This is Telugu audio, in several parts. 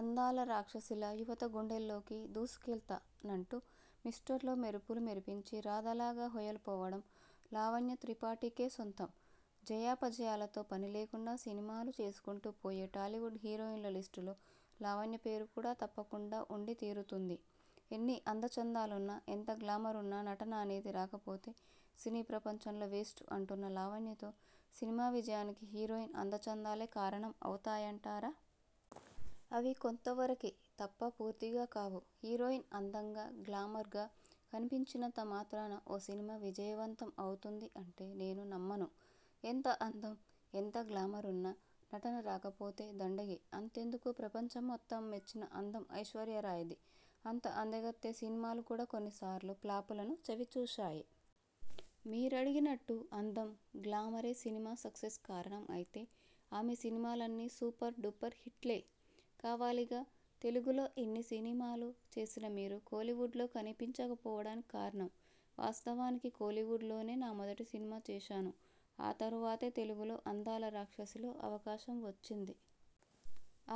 అందాల రాక్షసిలా యువత గుండెల్లోకి 'దూసుకెళ్తా' నంటూ 'మిస్టర్'లో మెరుపులు మెరిపించి, 'రాధ'లాగా హొయలు పోవడం లావణ్య త్రిపాఠికే సొంతం. జయాపజయాలతో పనిలేకుండా సినిమాలు చేసుకుంటూ పోయే టాలీవుడ్ హీరోయిన్ల లిస్టులో లావణ్య పేరు కూడా తప్పకుండా ఉండి తీరుతుంది. ఎన్ని అందచందాలున్నా, ఎంత గ్లామరున్నా నటన అనేది రాకపోతే సినీ ప్రపంచంలో వేస్ట్ అంటున్న లావణ్యతో సినిమా విజయానికి హీరోయిన్ అందచందాలే కారణం అవుతాయంటారా? అవి కొంతవరకే తప్ప పూర్తిగా కావు. హీరోయిన్ అందంగా, గ్లామర్గా కనిపించినంత మాత్రాన ఓ సినిమా విజయవంతం అవుతుంది అంటే నేను నమ్మను ఎంత అందం, ఎంత గ్లామరున్నా నటన రాకపోతే దండగే! అంతెందుకూ ప్రపంచం మొత్తం మెచ్చిన అందం ఐశ్వర్యారాయ్ది. అంత అందగత్తె సినిమాలు కూడా కొన్ని సార్లు ఫ్లాపులను చవి చూశాయి. మీరడిగినట్లు అందం, గ్లామరే సినిమా సక్సెస్ కారణం అయితే ఆమె సినిమాలన్నీ సూపర్ డూపర్ హిట్లే కావాలిగా? తెలుగులో ఇన్ని సినిమాలు చేసిన మీరు కోలీవుడ్లో కనిపించకపోవడానికి కారణం? వాస్తవానికి కోలీవుడ్లోనే నా మొదటి సినిమా చేశాను. ఆ తరువాతే తెలుగులో 'అందాల రాక్షసి'లో అవకాశం వచ్చింది.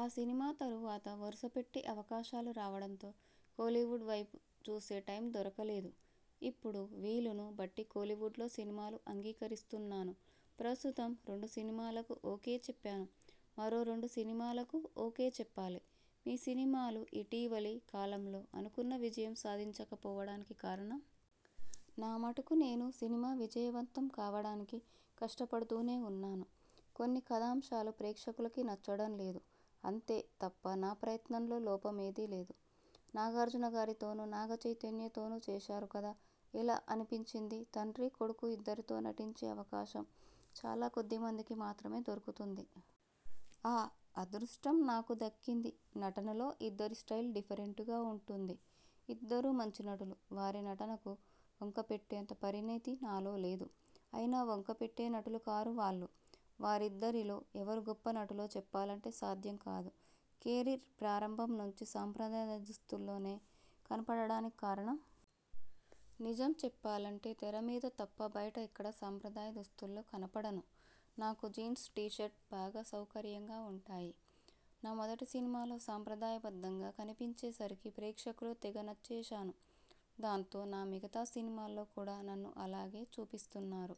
ఆ సినిమా తరువాత వరుసపెట్టి అవకాశాలు రావడంతో కోలీవుడ్ వైపు చూసే టైం దొరకలేదు. ఇప్పుడు వీలును బట్టి కోలీవుడ్లో సినిమాలు అంగీకరిస్తున్నాను. ప్రస్తుతం రెండు సినిమాలకు ఓకే చెప్పాను. మరో రెండు సినిమాలకు ఓకే చెప్పాలి. మీ సినిమాలు ఇటీవలి కాలంలో అనుకున్న విజయం సాధించకపోవడానికి కారణం? నా మటుకు నేను సినిమా విజయవంతం కావడానికి కష్టపడుతూనే ఉన్నాను. కొన్ని కథాంశాలు ప్రేక్షకులకి నచ్చడం లేదు. అంతే తప్ప నా ప్రయత్నలోపం ఏదీ లేదు. నాగార్జునగారితోనూ, నాగచైతన్యతోనూ చేశారు కదా? ఎలా అనిపించింది? తండ్రీ, కొడుకు ఇద్దరితో నటించే అవకాశం చాలా కొద్దిమందికి మాత్రమే దొరుకుతుంది. ఆ అదృష్టం నాకు దక్కింది. నటనలో ఇద్దరి స్టయిల్ డిఫరెంటుగా ఉంటుంది. ఇద్దరూ మంచి నటులు. వారి నటనకు వంక పెట్టేంత పరిణితి నాలో లేదు. అయినా వంక పెట్టే నటులు కారు వాళ్ళు. వారిద్దరిలో ఎవరు గొప్ప నటులో చెప్పాలంటే సాధ్యం కాదు. కెరీర్ ప్రారంభం నుంచి సంప్రదాయ దుస్తుల్లోనే కనపడడానికి కారణం? నిజం చెప్పాలంటే తెర మీద తప్ప బయట ఎక్కడా సంప్రదాయ దుస్తుల్లో కనపడను. నాకు జీన్స్ టీ షర్టు బాగా సౌకర్యంగా ఉంటాయి. నా మొదటి సినిమాలో సంప్రదాయ బద్ధంగా కనిపించే సరికి ప్రేక్షకులకు తెగ నచ్చేశాను. దాంతో నా మిగతా సినిమాల్లో కూడా నన్ను అలాగే చూపిస్తున్నారు.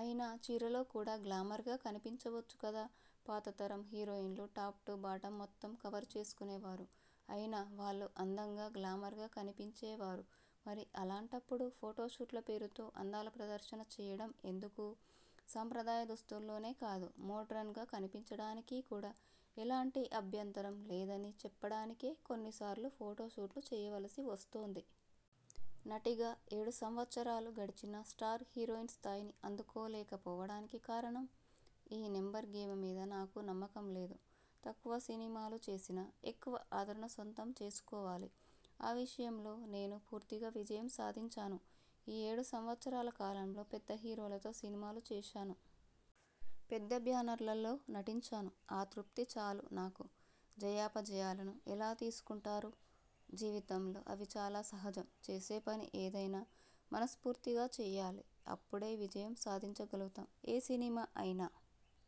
అయినా చీరలో కూడా గ్లామర్గా కనిపించవచ్చు కదా? పాత తరం హీరోయిన్లు టాప్ టూ బాటమ్ మొత్తం కవర్ చేసుకునే వారు. అయినా వాళ్ళు అందంగా, గ్లామర్గా కనిపించేవారు. మరి అలాంటప్పుడు ఫోటో షూట్ల పేరుతో అందాల ప్రదర్శన చేయడం ఎందుకు? సంప్రదాయ దుస్తుల్లోనే కాదు, మోడ్రన్గా కనిపించడానికి కూడా ఎలాంటి అభ్యంతరం లేదని చెప్పడానికే కొన్నిసార్లు ఫోటో షూట్లు చేయవలసి వస్తోంది. నటిగా ఏడు సంవత్సరాలు గడిచినా స్టార్ హీరోయిన్ స్థాయిని అందుకోలేకపోవడానికి కారణం? ఈ నెంబర్ గేమ్ మీద నాకు నమ్మకం లేదు. తక్కువ సినిమాలు చేసినా ఎక్కువ ఆదరణ సొంతం చేసుకోవాలి. ఆ విషయంలో నేను పూర్తిగా విజయం సాధించాను. ఈ ఏడు సంవత్సరాల కాలంలో పెద్ద హీరోలతో సినిమాలు చేశాను. పెద్ద బ్యానర్లలో నటించాను. ఆ తృప్తి చాలు నాకు. జయాపజయాలను ఎలా తీసుకుంటారు? జీవితంలో అవి చాలా సహజం. చేసే పని ఏదైనా మనస్ఫూర్తిగా చేయాలి. అప్పుడే విజయం సాధించగలుగుతాం. ఏ సినిమా అయినా